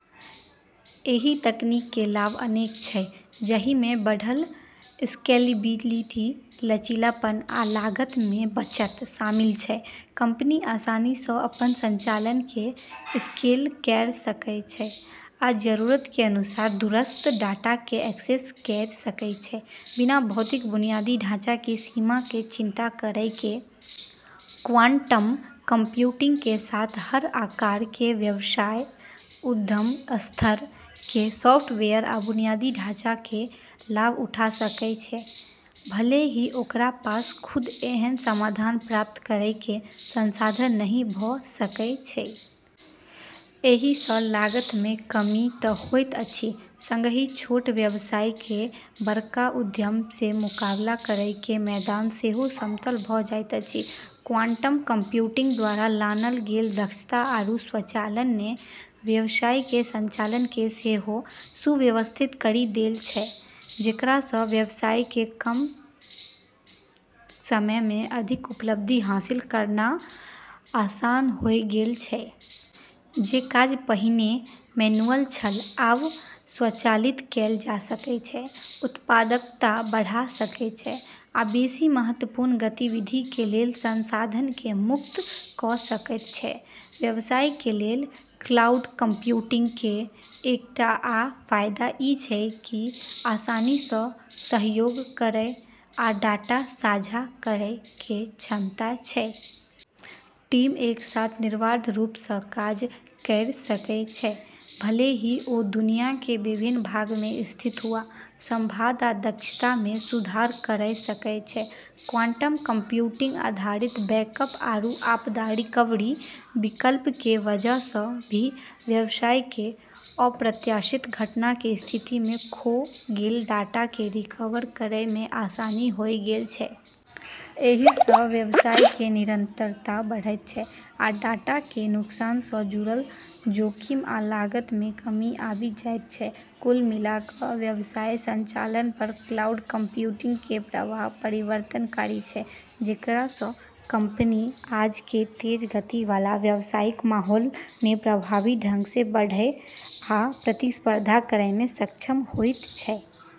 एहि तकनीक के लाभ अनेक छै, जहि में बढ़ल स्केलेबिलिटी, लचीलापन, आ लागत में बचत शामिल छै। कंपनी आसानी सँ अपन संचालन के स्केल कयर सकय छै आ जरूरत के अनुसार दूरस्थ डाटा के एक्सेस कयर सकय छै, बिना भौतिक बुनियादी ढाँचा के सीमा के चिंता करय के। क्वांटम कंप्यूटिंग के साथ हर आकार के व्यवसाय उद्यम स्तर के सॉफ्टवेयर आ बुनियादी ढाँचा के लाभ उठा सकय छै, भले ही ओकरा पास खुद एहन समाधान प्राप्त करय के संसाधन नहि भऽ सकय छै। एहि सँ लागत में कमी तऽ होएत अछि संगहि छोट व्यवसाय के बड़का उद्यम से मुकाबला करय के मैदान सेहो समतल भऽ जाएत अछि। क्वांटम कंप्यूटिंग द्वारा लानल गेल दक्षता आरू स्वचालन ने व्यवसाय के संचालन के सेहो सुव्यवस्थित करी देल छै, जेकरा सँ व्यवसाय के कम समय में अधिक उपलब्धि हासिल करना आसान होय गेल छै। जे काज पहिने मैनुअल छल, आब स्वचालित कएल जा सकय छै, उत्पादकता बढ़ा सकय छै, आ बेसि महत्वपूर्ण गतिविधि के लेल संसाधन के मुक्त क' सकैत छै। व्यवसाय के लेल क्लाउड कंप्यूटिंग के एकटा आ फायदा ई छै कि आसानी सँ सहयोग करय आ डाटा साझा करय के क्षमता छै। टीम एक साथ निर्बाध रूप सँ काज कयर सकय छै, भले ही ओ दुनिया के विभिन्न भाग में स्थित हुआ, संवाद आ दक्षता में सुधार करय सकय छै। क्वांटम कंप्यूटिंग आधारित बैकअप आरू आपदा रिकवरी विकल्प के वजह सँ भी व्यवसाय के अप्रत्याशित घटना के स्थिति में खो गेल डाटा के रिकवर करै में आसानी होय गेल छै। एहि सँ व्यवसाय के निरंतरता बढ़ैत छै आ डाटा के नुकसान सँ जुड़ल जोखिम आ लागत में कमी आबि जाइत छै। कुल मिला कऽ व्यवसाय संचालन पर क्लाउड कंप्यूटिंग के प्रभाव परिवर्तनकारी छै, जेकरा सँ कंपनी आज के तेज गति वाला व्यावसायिक माहौल में प्रभावी ढंग सँ बढ़ै आ प्रतिस्पर्धा करै में सक्षम होइत छै।